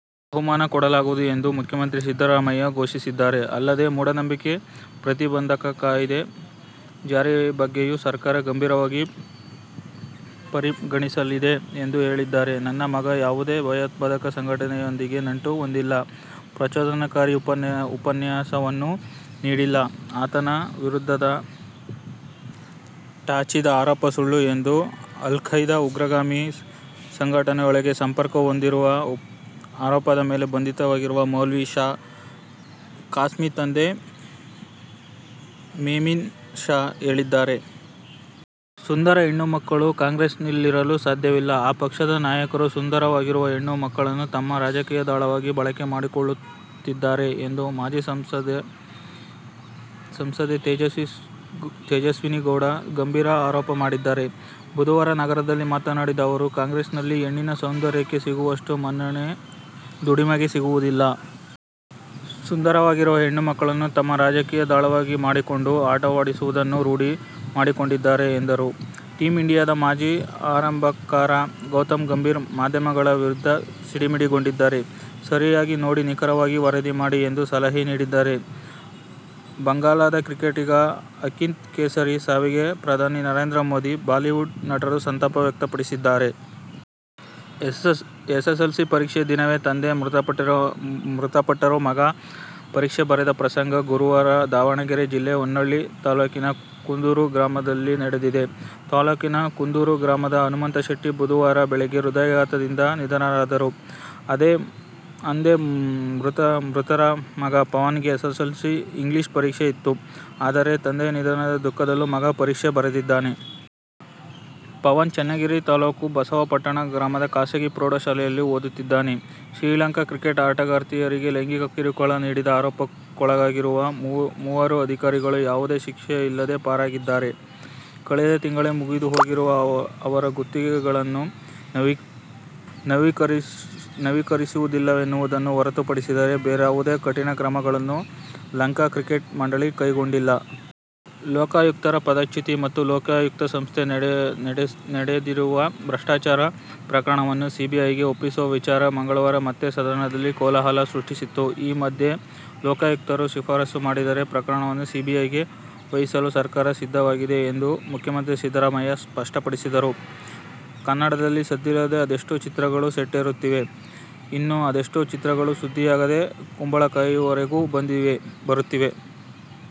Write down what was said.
ಬಹುಮಾನ ಕೊಡಲಾಗುವುದು ಎಂದು ಮುಖ್ಯಮಂತ್ರಿ ಸಿದ್ದರಾಮಯ್ಯ ಘೋಷಿಸಿದ್ದಾರೆ. ಅಲ್ಲದೆ ಮೂಢನಂಬಿಕೆ ಪ್ರತಿಬಂಧಕ ಕಾಯ್ದೆ ಜಾರಿ ಬಗ್ಗೆಯೂ ಸರ್ಕಾರ ಗಂಭೀರವಾಗಿ ಪರಿಗಣಿಸಲಿದೆ ಎಂದು ಹೇಳಿದ್ದಾರೆ. ನನ್ನ ಮಗ ಯಾವುದೇ ಭಯೋತ್ಪಾದಕ ಸಂಘಟನೆಯೊಂದಿಗೆ ನಂಟು ಹೊಂದಿಲ್ಲ. ಪ್ರಚೋದನಾಕಾರಿ ಉಪನ್ಯಾಸವನ್ನೂ ನೀಡಿಲ್ಲ. ಆತನ ವಿರುದಟಛಿದ ಆರೋಪ ಸುಳ್ಳು ಎಂದು ಅಲ್ ಖೈದಾ ಉಗ್ರಗಾಮಿ ಸಂಘಟನೆಯೊಂದಿಗೆ ಸಂಪರ್ಕ ಹೊಂದಿರುವ ಆರೋಪದ ಮೇಲೆ ಬಂಧಿತನಾಗಿರುವ ಮೌಲ್ವಿ ಶಾ ಖಾಸ್ಮಿತಂದೆ ಮೆಮಿನ್ ಶಾ ಹೇಳಿದ್ದಾರೆ. ಸುಂದರ ಹೆಣ್ಣು ಮಕ್ಕಳು ಕಾಂಗ್ರೆಸ್ನಲ್ಲಿರಲು ಸಾಧ್ಯವಿಲ್ಲ. ಆ ಪಕ್ಷದ ನಾಯಕರು ಸುಂದರವಾಗಿರುವ ಹೆಣ್ಣು ಮಕ್ಕಳನ್ನು ತಮ್ಮ ರಾಜಕೀಯ ದಾಳವಾಗಿ ಬಳಕೆ ಮಾಡಿಕೊಳ್ಳುತ್ತಿದ್ದಾರೆ ಎಂದು ಮಾಜಿ ಸಂಸದೆ ತೇಜಸ್ವಿನಿ ಗೌಡ ಗಂಭೀರ ಆರೋಪ ಮಾಡಿದ್ದಾರೆ. ಬುಧವಾರ ನಗರದಲ್ಲಿ ಮಾತನಾಡಿದ ಅವರು, ಕಾಂಗ್ರೆಸ್ನಲ್ಲಿ ಹೆಣ್ಣಿನ ಸೌಂದರ್ಯಕ್ಕೆ ಸಿಗುವಷ್ಟು ಮನ್ನಣೆ ದುಡಿಮೆಗೆ ಸಿಗುವುದಿಲ್ಲ. ಸುಂದರವಾಗಿರುವ ಹೆಣ್ಣು ಮಕ್ಕಳನ್ನು ತಮ್ಮ ರಾಜಕೀಯ ದಾಳವಾಗಿ ಮಾಡಿಕೊಂಡು ಆಟವಾಡಿಸುವುದನ್ನು ರೂಢಿಸಿಕೊಂಡಿದ್ದಾರೆ ಎಂದರು. ಟೀಮ್ ಇಂಡಿಯಾದ ಮಾಜಿ ಆರಂಭಕಾರ ಗೌತಮ್ ಗಂಭೀರ್ ಮಾಧ್ಯಮಗಳ ವಿರುದ್ಧ ಸಿಡಿಮಿಡಿಗೊಂಡಿದ್ದಾರೆ. ಸರಿಯಾಗಿ ನೋಡಿ ನಿಖರವಾಗಿ ವರದಿ ಮಾಡಿ ಎಂದು ಸಲಹೆ ಮಾಡಿದ್ದಾರೆ. ಬಂಗಾಲದ ಕ್ರಿಕೆಟಿಗ ಅಂಕಿತ್ ಕೇಸರಿ ಸಾವಿಗೆ ಪ್ರಧಾನಿ ನರೇಂದ್ರ ಮೋದಿ, ಬಾಲಿವುಡ್ ನಟರು ಸಂತಾಪ ವ್ಯಕ್ತಪಡಿಸಿದ್ದಾರೆ. ಎಸ್ಎಸ್ಎಲ್ಸಿ ಪರೀಕ್ಷೆ ದಿನವೇ ತಂದೆ ಮೃತಪಟ್ಟರೂ ಮಗ ಪರೀಕ್ಷೆ ಬರೆದ ಪ್ರಸಂಗ ಗುರುವಾರದಾವಣಗೆರೆ ಜಿಲ್ಲೆ ಹೊನ್ನಾಳಿ ತಾಲೂಕಿನ ಕುಂದೂರು ಗ್ರಾಮದಲ್ಲಿ ನಡೆದಿದೆ. ತಾಲೂಕಿನ ಕುಂದೂರು ಗ್ರಾಮದ ಹನುಮಂತಶೆಟ್ಟಿ ಬುಧವಾರ ಬೆಳಗ್ಗೆ ಹೃದಯಾಘಾತದಿಂದ ನಿಧನರಾದರು. ಅಂದೇ ಮೃತರ ಮಗ ಪವನ್ಗೆ ಎಸ್ಸೆಸ್ಸೆಲ್ಸಿ ಇಂಗ್ಲಿಷ್ ಪರೀಕ್ಷೆ ಇತ್ತು. ಆದರೆ ತಂದೆಯ ನಿಧನದ ದುಃಖದಲ್ಲೂ ಮಗ ಪರೀಕ್ಷೆ ಬರೆದಿದ್ದಾನೆ. ಪವನ್ ಚನ್ನಗಿರಿ ತಾಲೂಕು ಬಸವಾಪಟ್ಟಣ ಗ್ರಾಮದ ಖಾಸಗಿ ಪ್ರೌಢಶಾಲೆಯಲ್ಲಿ ಓದುತ್ತಿದ್ದಾನೆ. ಶ್ರೀಲಂಕಾ ಕ್ರಿಕೆಟ್ ಆಟಗಾರ್ತಿಯರಿಗೆ ಲೈಂಗಿಕ ಕಿರುಕುಳ ನೀಡಿದ ಆರೋಪಕ್ಕೊಳಗಾಗಿರುವ ಮೂವರು ಅಧಿಕಾರಿಗಳು ಯಾವುದೇ ಶಿಕ್ಷೆಯಿಲ್ಲದೇ ಪಾರಾಗಿದ್ದಾರೆ. ಕಳೆದ ತಿಂಗಳೇ ಮುಗಿದುಹೋಗಿರುವ ಅವರ ಗುತ್ತಿಗೆಗಳನ್ನು ನವೀಕರಿಸಿಲ್ಲವೆನ್ನುವುದನ್ನು ಹೊರತುಪಡಿಸಿದರೆ ಬೇರಾವುದೇ ಕಠಿಣ ಕ್ರಮಗಳನ್ನೂ ಲಂಕಾ ಕ್ರಿಕೆಟ್ ಮಂಡಳಿ ಕೈಗೊಂಡಿಲ್ಲ. ಲೋಕಾಯುಕ್ತರ ಪದಚ್ಯುತಿ ಮತ್ತು ಲೋಕಾಯುಕ್ತ ಸಂಸ್ಥೆಯಲ್ಲಿ ನಡೆದಿರುವ ಭ್ರಷ್ಟಾಚಾರ ಪ್ರಕರಣವನ್ನು ಸಿಬಿಐಗೆ ಒಪ್ಪಿಸುವ ವಿಚಾರ ಮಂಗಳವಾರ ಮತ್ತೆ ಸದನದಲ್ಲಿ ಕೋಲಾಹಲ ಸೃಷ್ಟಿಸಿತು. ಈ ಮಧ್ಯೆ ಲೋಕಾಯುಕ್ತರು ಶಿಫಾರಸು ಮಾಡಿದರೆ ಪ್ರಕರಣವನ್ನು ಸಿಬಿಐಗೆ ವಹಿಸಲು ಸರ್ಕಾರ ಸಿದ್ಧವಾಗಿದೆ ಎಂದು ಮುಖ್ಯಮಂತ್ರಿ ಸಿದ್ದರಾಮಯ್ಯ ಸಷ್ಟಪಡಿಸಿದರು. ಕನ್ನಡದಲ್ಲಿ ಸದ್ದಿಲ್ಲದೆ ಅದೆಷ್ಟೋ ಚಿತ್ರಗಳು ಸೆಟ್ಟೇರುತ್ತಿವೆ. ಇನ್ನು ಅದೆಷ್ಟೋ ಚಿತ್ರಗಳು ಸುದ್ದಿಯಾಗದೇ ಕುಂಬಳಕಾಯಿವರೆಗೂ ಬಂದಿರುತ್ತವೆ.